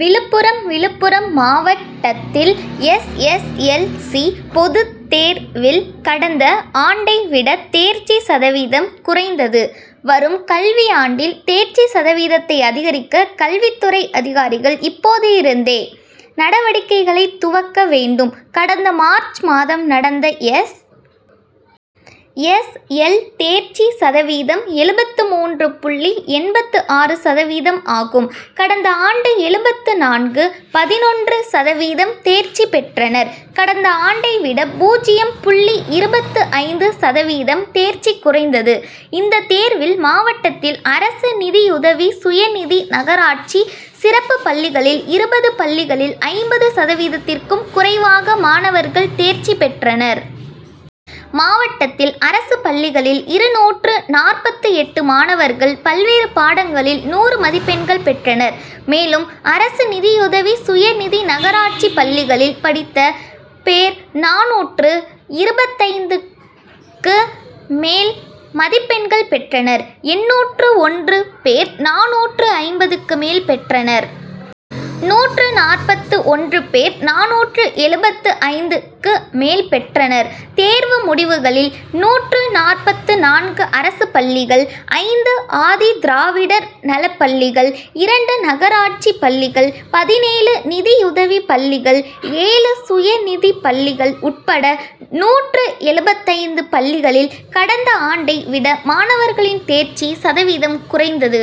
விழுப்புரம் விழுப்புரம் மாவட் டத்தில் S. S. L. C., பொதுத் தேர் வில் கடந்த ஆண்டை விட தேர்ச்சி சதவீதம் குறைந்தது. வரும் கல்வியாண்டில் தேர்ச்சி சதவீதத்தை அதிகரிக்க கல்வித் துறை அதிகாரிகள் இப்போதிருந்தே நடவடிக்கைகளை துவக்க வேண்டும். கடந்த மார்ச் மாதம் நடந்த எஸ். எஸ். எல். தேர்ச்சி சதவீதம் எழுபத்து மூன்று புள்ளி எண்பத்து ஆறு சதவீதம் ஆகும். கடந்த ஆண்டு எழுபத்து நான்கு.பதினொன்று சதவீதம் தேர்ச்சி பெற்றனர். கடந்த ஆண்டை விட பூஜ்ஜியம் புள்ளி இருபத்து ஐந்து சதவீதம் தேர்ச்சி குறைந்தது. இந்த தேர்வில் மாவட்டத்தில் அரசு, நிதியுதவி, சுயநிதி, நகராட்சி, சிறப்பு பள்ளிகளில் இருபது பள்ளிகளில் ஐம்பது சதவீதத்திற்கும் குறைவாக மாணவர்கள் தேர்ச்சி பெற்றனர். மாவட்டத்தில் அரசு பள்ளிகளில் இருநூற்று நாற்பத்து எட்டு மாணவர்கள் பல்வேறு பாடங்களில் நூறு மதிப்பெண்கள் பெற்றனர். மேலும் அரசு, நிதியுதவி, சுயநிதி, நகராட்சி பள்ளிகளில் படித்த பேர் நானூற்று இருபத்தைந்து க்கு மேல் மதிப்பெண்கள் பெற்றனர். எண்ணூற்று ஒன்று பேர் நானூற்று ஐம்பதுக்கு மேல் பெற்றனர். நூற்று நாற்பத்து ஒன்று பேர் நானூற்று எழுபத்து ஐந்து க்கு மேல் பெற்றனர். தேர்வு முடிவுகளில் நூற்று நாற்பத்து நான்கு அரசு பள்ளிகள், ஐந்து ஆதி திராவிடர் நல பள்ளிகள், இரண்டு நகராட்சி பள்ளிகள், பதினேழு நிதியுதவி பள்ளிகள், ஏழு சுய நிதி பள்ளிகள் உட்பட நூற்று எழுபத்தைந்து பள்ளிகளில் கடந்த ஆண்டை விட மாணவர்களின் தேர்ச்சி சதவீதம் குறைந்தது.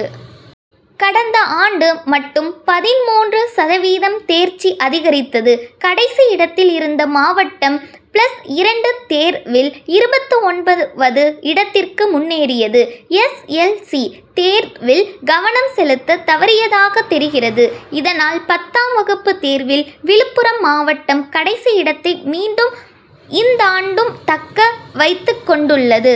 கடந்த ஆண்டு மட்டும் பதின்மூன்று சதவீதம் தேர்ச்சி அதிகரித்தது. கடைசி இடத்தில் இருந்த மாவட்டம் பிளஸ் இரண்டு தேர் வில் இருபத்து ஒன்பது வது இடத்திற்கு முன்னேறியது. எஸ். எல். சி., தேர் வில் கவனம் செலுத்த தவறியதாக தெரிகிறது. இதனால் பத்தாம் வகுப்பு தேர்வில் விழுப்புரம் மாவட்டம் கடைசி இடத்தை மீண்டும் இந்தாண்டும்தக்க வைத்துக் கொண்டுள்ளது.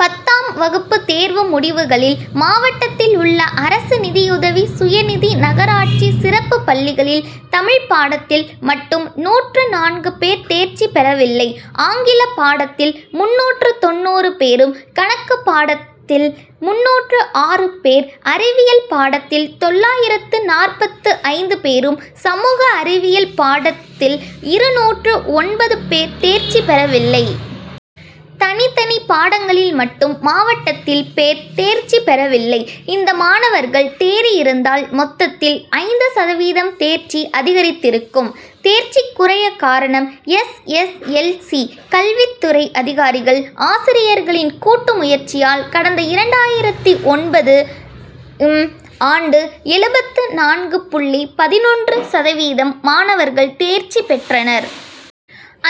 பத்தாம் வகுப்பு தேர்வு முடிவுகளில் மாவட்டத்தில் உள்ள அரசு, நிதியுதவி, சுயநிதி, நகராட்சி, சிறப்பு பள்ளிகளில் தமிழ் பாடத்தில் மட்டும் நூற்று நான்கு பேர் தேர்ச்சி பெறவில்லை. ஆங்கில பாடத்தில் முந்நூற்று தொண்ணூறு பேரும், கணக்கு பாடத் தில் முன்னூற்று ஆறு பேர், அறிவியல் பாடத்தில் தொள்ளாயிரத்து நாற்பத்து ஐந்து பேரும், சமூக அறிவியல் பாடத் தில் இருநூற்று ஒன்பது பேர் தேர்ச்சி பெறவில்லை. தனித்தனி பாடங்களில் மட்டும் மாவட்டத்தில் பேர் தேர்ச்சி பெறவில்லை. இந்த மாணவர்கள் தேறியிருந்தால் மொத்தத்தில் ஐந்து சதவீதம் தேர்ச்சி அதிகரித்திருக்கும். தேர்ச்சி குறைய காரணம் எஸ். எஸ். எல். சி. கல்வித் துறை அதிகாரிகள், ஆசிரியர்களின் கூட்டு முயற்சியால் கடந்த இரண்டாயிரத்து ஒன்பது ம் ஆண்டு எழுபத்து நான்கு புள்ளி பதினொன்று சதவீதம் மாணவர்கள் தேர்ச்சி பெற்றனர்.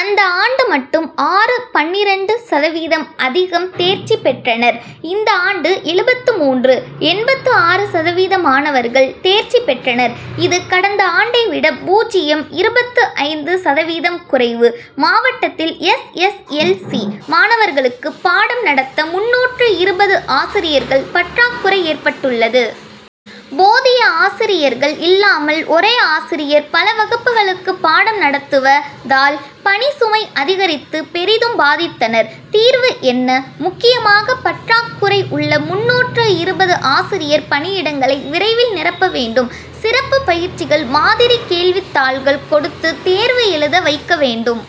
அந்த ஆண்டு மட்டும் ஆறு.பன்னிரண்டு சதவீதம் அதிகம் தேர்ச்சி பெற்றனர். இந்த ஆண்டு எழுபத்து மூன்று. எண்பத்து ஆறு சதவீத மாணவர்கள் தேர்ச்சி பெற்றனர். இது கடந்த ஆண்டை விட பூஜ்ஜியம். இருபத்து ஐந்து சதவீதம் குறைவு. மாவட்டத்தில் எஸ். எஸ். எல். சி., மாணவர்களுக்கு பாடம் நடத்த முன்னூற்று இருபது ஆசிரியர்கள் பற்றாக் குறை ஏற்பட்டுள்ளது. போதிய ஆசிரியர்கள் இல்லாமல் ஒரே ஆசிரியர் பல வகுப்புகளுக்கு பாடம் நடத்துவ தால் பணிசுமை அதிகரித்து பெரிதும் பாதித்தனர். தீர்வு என்ன? முக்கியமாக பற்றாக் குறைஉள்ள முன்னூற்று இருபது ஆசிரியர் பணியிடங்களை விரைவில் நிரப்ப வேண்டும். சிறப்பு பயிற்சிகள், மாதிரி கேள்வித் தாள்கள் கொடுத்து தேர்வு எழுத வைக்க வேண்டும்.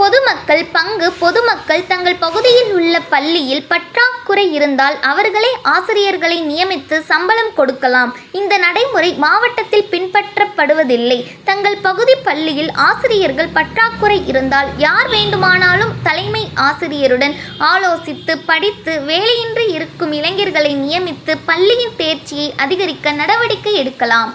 பொதுமக்கள் பங்கு பொதுமக்கள் தங்கள் பகுதியில் உள்ள பள்ளியில் பற்றாக் குறை இருந்தால் அவர்களே ஆசிரியர்களை நியமித்து சம்பளம் கொடுக்கலாம். இந்த நடைமுறை மாவட்டத்தில் பின்பற்றப் படுவதில்லை. தங்கள் பகுதி பள்ளியில் ஆசிரியர்கள் பற்றாக்குறை இருந்தால் யார் வேண்டுமானாலும் தலைமை ஆசிரியருடன் ஆலோசித்து படித்து வேலையின்றி இருக்கும் இளைஞர்களை நியமித்து பள்ளியின் தேர்ச்சியை அதிகரிக்க நடவடிக்கை எடுக்கலாம்.